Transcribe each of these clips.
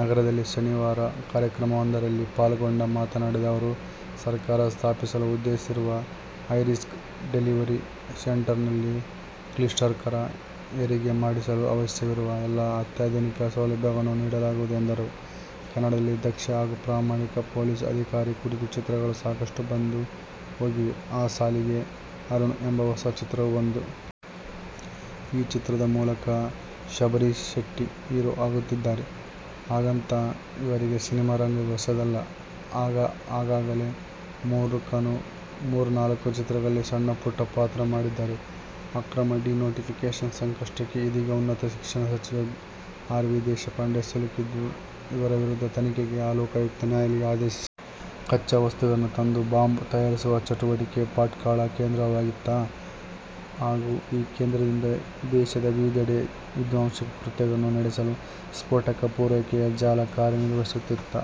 ನಗರದಲ್ಲಿ ಶನಿವಾರ ಕಾರ್ಯಕ್ರಮವೊಂದರಲ್ಲಿ ಪಾಲ್ಗೊಂಡು ಮಾತನಾಡಿದ ಅವರು, ಸರ್ಕಾರ ಸ್ಥಾಪಿಸಲು ಉದ್ದೇಶಿಸಿರುವ ಹೈರಿಸ್ಕ್ ಡೆಲಿವರಿ ಸೆಂಟರ್ನಲ್ಲಿ ಕ್ಲಿಷ್ಟಕರ ಹೆರಿಗೆ ಮಾಡಿಸಲು ಅವಶ್ಯವಿರುವ ಎಲ್ಲ ಅತ್ಯಾಧುನಿಕ ಸೌಲಭ್ಯಗಳನ್ನು ನೀಡಲಾಗುವುದು ಎಂದರು. ಕನ್ನಡದಲ್ಲಿ ದಕ್ಷ ಹಾಗು ಪ್ರಾಮಾಣಿಕ ಪೊಲೀಸ್ ಅಧಿಕಾರಿ ಕುರಿತ ಚಿತ್ರಗಳು ಸಾಕಷ್ಟು ಬಂದು ಹೋಗಿವೆ. ಆ ಸಾಲಿಗೆ "ಅರುಣ್' ಎಂಬ ಹೊಸ ಚಿತ್ರವೂ ಒಂದು. ಈ ಚಿತ್ರದ ಮೂಲಕ ಶಬರೀಷ್ ಶೆಟ್ಟಿ ಹೀರೋ ಆಗುತ್ತಿದ್ದಾರೆ. ಹಾಗಂತ ಇವರಿಗೆ ಸಿನಿಮಾರಂಗ ಹೊಸದಲ್ಲ. ಈಗಾಗಲೇ ಮೂರ್ನಾಲ್ಕು ಚಿತ್ರಗಳಲ್ಲಿ ಸಣ್ಣಪುಟ್ಟ ಪಾತ್ರ ಮಾಡಿದ್ದಾರೆ. ಅಕ್ರಮ ಡಿ-ನೋಟಿಫಿಕೇಷನ್ ಸಂಕಷ್ಟಕ್ಕೆ ಇದೀಗ ಉನ್ನತ ಶಿಕ್ಷಣ ಸಚಿವ ಆರ್. ವಿ. ದೇಶಪಾಂಡೆ ಸಿಲುಕಿದ್ದು ಇವರ ವಿರುದ್ಧ ತನಿಖೆ ಗೆ ಲೋಕಾಯುಕ್ತ ನ್ಯಾಯಾಲಯ ಆದೇಶಿಸಿದೆ. ಕಚ್ಚಾವಸ್ತುಗಳನ್ನು ತಂದು ಬಾಂಬ್ ತಯಾರಿಸುವ ಚಟುವಟಿಕೆಗೆ ಭಟ್ಕಳ ಕೇಂದ್ರವಾಗಿತ್ತಾ? ಹಾಗೂ ಈ ಕೇಂದ್ರದಿಂದ ದೇಶದ ವಿವಿಧೆಡೆ ವಿಧ್ವಂಸಕ ಕೃತ್ಯಗಳನ್ನು ನಡೆಸಲು ಸ್ಫೋಟಕ ಪೂರೈಕೆಯ ಜಾಲ ಕಾರ್ಯನಿರ್ವಹಿಸುತ್ತಿತ್ತಾ?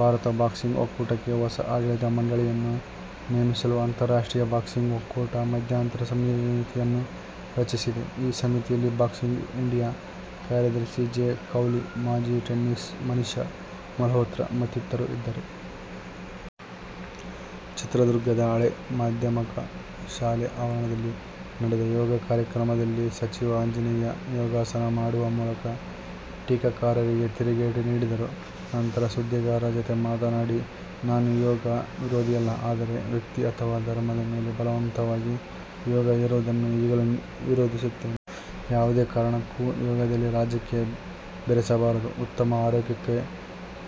ಭಾರತ ಬಾಕ್ಸಿಂಗ್ ಒಕ್ಕೂಟಕ್ಕೆ ಹೊಸ ಆಡಳಿತ ಮಂಡಳಿಯನ್ನು ನೇಮಿಸಲು ಅಂತಾರಾಷ್ಟ್ರೀಯ ಬಾಕ್ಸಿಂಗ್ ಒಕ್ಕೂಟ ಮಧ್ಯಂತರ ಸಮಿತಿಯನ್ನು ರಚಿಸಿದೆ. ಈ ಸಮಿತಿಯಲ್ಲಿ ಬಾಕ್ಸಿಂಗ್ ಇಂಡಿಯಾ ಕಾರ್ಯದರ್ಶಿ ಜೇ ಕೌಲಿ, ಮಾಜಿ ಟೆನ್ನಿಸ್ ಮನೀಶಾ ಮಲ್ಹೋತ್ರಾ ಮತ್ತಿತರರು ಇದ್ದಾರೆ. ಚಿತ್ರದುರ್ಗದ ಹಳೇ ಮಾಧ್ಯಮಕ ಶಾಲೆ ಆವರಣದಲ್ಲಿ ನಡೆದ ಯೋಗ ಕಾರ್ಯಕ್ರಮದಲ್ಲಿ ಸಚಿವ ಆಂಜನೇಯ ಯೋಗಾಸನ ಮಾಡುವ ಮೂಲಕ ಟೀಕಾಕಾರಿಗೆ ತಿರುಗೇಟು ನೀಡಿದರು. ನಂತರ ಸುದ್ದಿಗಾರರ ಜತೆ ಮಾತನಾಡಿ, "ನಾನು ಯೋಗ ವಿರೋಧಿಯಲ್ಲ. ಆದರೆ, ವ್ಯಕ್ತಿ ಅಥವಾ ಧರ್ಮದ ಮೇಲೆ ಬಲವಂತವಾಗಿ ಯೋಗ ಹೇರುವುದನ್ನು ಈಗಲೂ ವಿರೋಧಿಸುತ್ತೇನೆ. ಯಾವುದೇ ಕಾರಣಕ್ಕೂ ಯೋಗದಲ್ಲಿ ರಾಜಕೀಯ ಬೆರೆಸಬಾರದು. ಉತ್ತಮ ಆರೋಗ್ಯಕ್ಕಾಗಿ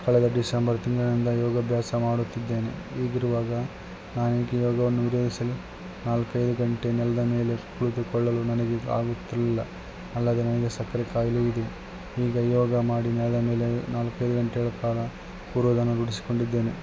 ಕಳೆದ ಡಿಸೆಂಬರ್ ತಿಂಗಳಿನಿಂದ ಯೋಗಾಭ್ಯಾಸ ಮಾಡುತ್ತಿದ್ದೇನೆ. ಹೀಗಿರುವಾಗ ನಾನೇಕೆ ಯೋಗವನ್ನು ವಿರೋಧಿಸಲಿ. ನಾಲ್ಕೈದು ಗಂಟೆ ನೆಲದ ಮೇಲೆ ಕುಳಿತುಕೊಳ್ಳಲು ನನಗೆ ಆಗುತ್ತಿರಲಿಲ್ಲ. ಅಲ್ಲದೆ ನನಗೆ ಸಕ್ಕರೆ ಕಾಯಿಲೆಯೂ ಇದೆ. ಈಗ ಯೋಗ ಮಾಡಿ ನೆಲದ ಮೇಲೆ ನಾಲ್ಕೈದು ಗಂಟೆಗಳ ಕಾಲ ಕೂರುವುದನ್ನು ರೂಢಿಸಿಕೊಂಡಿದ್ದೇನೆ.